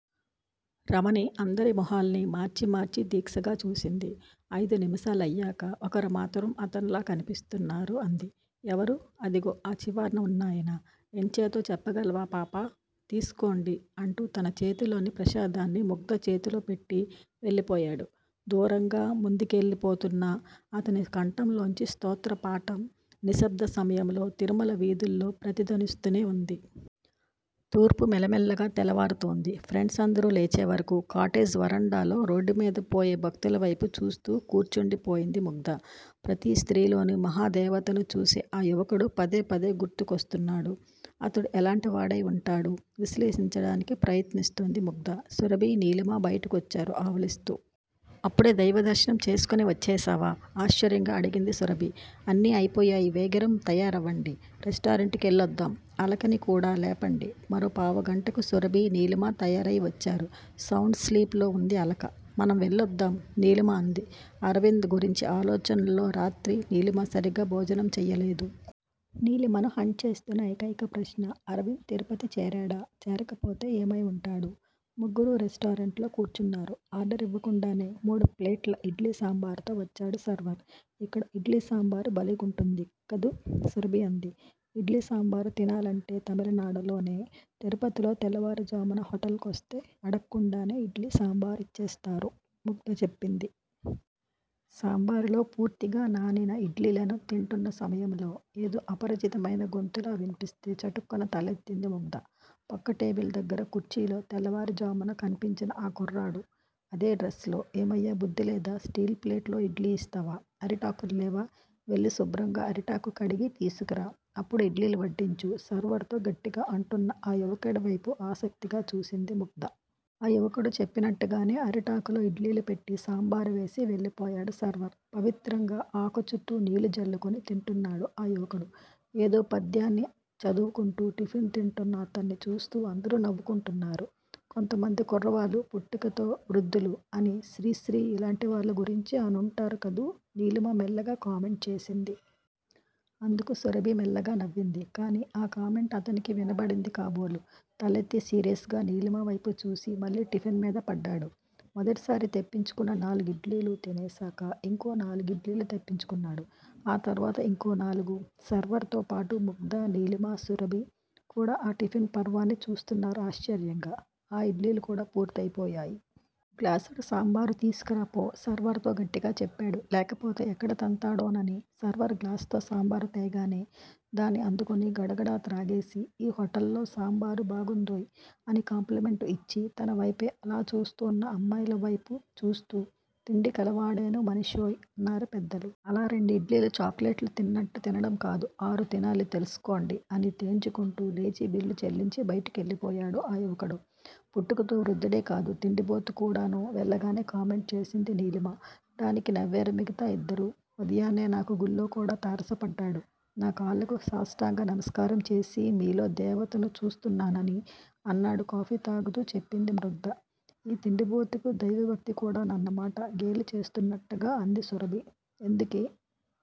రమణి అందరి మొహాల్ని మార్చి మార్చి దీక్షగా చూసింది. అయిదు నిమిసాలయ్యాక ఒక్కరు మాత్రం అతన్లా కన్పిస్తున్నారు! అంది. ఎవరు? అదిగో ఆ చివారన ఉన్నాయన! ఎంచేత చెప్పగలవా పాపా? తీసుకోండి అంటూ తన చేతిలోని ప్రసాదాన్ని ముగ్ధ చేతిలో పెట్టి వెళ్లిపోయాడు. దూరంగా, ముందుకెళ్ళి పోతున్నా అతని కంఠంలోంచి స్తోత్రపాఠం నిశ్శబ్ద సమయంలో తిరుమల వీధుల్లో ప్రతిధ్వనిస్తూనే వుంది. తూర్పు మెల్లమెల్లగా తెల్లవారుతోంది. ఫ్రెండ్స్ అందరూ లేచేవరకూ కాటేజ్ వరండాలో రోడ్డుమీద పోయే భక్తుల వైపు చూస్తూ కూర్చుండి పోయింది ముగ్ధ. ప్రతి స్త్రీలోని మహాదేవతను చూసే ఆ యువకుడు' పదే పదే గుర్తు కొస్తున్నాడు. అతను ఎలాంటివాడై వుంటాడు? విశ్లేషించడానికి ప్రయత్నిస్తోంది ముగ్ధ. సురభి, నీలిమ బయటకొచ్చారు ఆవులిస్తూ. అప్పుడే దైవదర్శనం చేసుకుని వచ్చేశావా! ఆశ్చర్యంగా అడిగింది సురభి. అన్నీ అయిపోయాయి వేగిరం తయారవండి. రెస్టారెంటు కెళ్ళొద్దాం. అలకని కూడా లేపండి. మరో పావుగంటకు సురభి, నీలిమ తయారయి వచ్చారు. సౌండ్ స్లీప్ లో వుంది అలక. మనం వెళ్ళొద్దాం నీలిమ అంది. అరవింద్ గురించి ఆలోచనల్లో రాత్రి నీలిమ సరిగ్గా భోజనం చెయ్యలేదు. నీలిమను హంట్ చేస్తున్న ఏకైక ప్రశ్న- అరవింద్ తిరుపతి చేరాడా? చేరకపోతే ఏమైవుంటాడు? ముగ్గురూ రెస్టారెంట్లో కూర్చున్నారు. ఆర్దరివ్వకుండానే మూడు ప్లేట్ల ఇడ్లీ సాంబారుతో వచ్చాడు సర్వర్. ఇక్కడ ఇడ్లీ సాంబారు భలేగుంటుంది కదూ సురభి అంది. ఇడ్లీ సాంబారు తినాలంటే తమిళనాడులోనే, తిరుపతిలో తెల్లవారు ఝామున హోటల్ కొస్తే అడక్కుండానే ఇడ్లీ సాంబారిచ్చేస్తారు ముగ్ధ చెప్పింది. సాంబారులో పూర్తిగా నానిన ఇడ్లీలని తింటున్న సమయంలో- ఏదో అపరిచితమైన గొంతులా విన్పిస్తే చటుక్కున తలెత్తింది ముగ్ధ. పక్కటేబిల్ దగ్గర కుర్చీలో- తెల్లవారు జామున కన్పించిన ఆ కుర్రాడు! అదే డ్రెస్ లో- ఏమయ్యా బుద్దిలేదా, స్టీలుప్లేట్ లో ఇడ్లీ ఇస్తావా అరిటాకుల్లేవా వెళ్లి శుభ్రంగా అరిటాకు కడిగి తీసుకురా అప్పుడు ఇడ్లీలు వడ్డించు సర్వర్ తో గట్టిగా అంటున్న ఆ యువకుడి వైపు ఆసక్తిగా చూసింది ముగ్ధ. ఆ యువకుడు చెప్పినట్లుగానే అరిటాకులో ఇడ్లీలు పెట్టి సాంబారు వేసి వెళ్లిపోయాడు సర్వర్. పవిత్రంగా ఆకు చుట్టూ నీళ్ళు జల్లుకుని తింటున్నాడు ఆ యువకుడు. ఏదో పద్యాన్ని చదువుకుంటూ టిఫిన్ తింటున్న అతన్ని చూస్తూ అందరూ నవ్వుకుంటున్నారు. కొంతమంది కుర్రవాళ్ళు పుట్టుకతో వృద్దులు అని శ్రీ శ్రీ ఇలాంటివాళ్ళ గురించే అనుంటాడు కదూ నీలిమ మెల్లగా కామెంట్ చేసింది. అందుకు సురభి మెల్లగా నవ్వింది. కానీ ఆ కామెంట్ అతనికి వినబడింది కాబోలు తలెత్తి సీరియస్ గా నీలిమవేపుచూసి మళ్ళీ టిఫిన్ మీద పడ్డాడు. మొదటిసారి తెప్పించుకున్న నాలుగిడ్లీలూ తినేసాక ఇంకో నాలుగు ఇడ్లీలు తెప్పించుకున్నాడు. ఆ తర్వాత ఇంకో నాలుగు. సర్వర్ తోపాటు ముగ్ధ, నీలిమ, సురభి, కూడా ఆ టిఫిన్ పర్వాన్ని చూస్తున్నారు ఆశ్చర్యంగా, ఆ ఇడ్లీలుకూడా పూర్తయిపోయాయి. ఓ గ్లాసుడు సాంబారు తీసుకురా పో సర్వర్ తో గట్టిగా చెప్పాడు లేకపోతే ఎక్కడ తంతాడోనని, సర్వర్ గ్లాసుతో సాంబారు తేగానే దాన్ని అందుకుని గడగడా త్రాగేసి, ఈ హోటల్లో సాంబారు బాగుందోయ్ అని కాంప్లిమెంట్ ఇచ్చి తన వైపే అలా చూస్తున్న అమ్మాయిల వైపు చూస్తూ, తిండి కలవాడేను మనిషోయ్ అన్నారు పెద్దలు. అలా రెండిడ్లీలు చాక్లేట్లు తిన్నట్టు తినడంకాదు. ఆరు తినాలి తెల్సుకోండి అని తేన్చుకుంటూ లేచి బిల్లు చెల్లించి బయటికెళ్ళిపోయాడు ఆ యువకుడు. పుట్టుకతో వృద్దుడేకాదు తిండిపోతు కూడాను వెళ్ళగానే కామెంట్ చేసింది నీలిమ. దానికి నవ్వారు మిగతా ఇద్దరూ. ఉదయాన్నే నాకు గుళ్ళోకూడా తారసపడ్డాడు. నా కాళ్ళకు సాష్టాంగ నమస్కారంచేసి మీలో దేవతను చూస్తున్నానని అన్నాడు కాఫీ తాగుతూ చెప్పింది ముగ్ధ. ఈ తిండిపొతుకు దైవభక్తికూడానన్నమాట గేలిచేస్తున్నట్లుగా అంది సురభి. ఎందుకే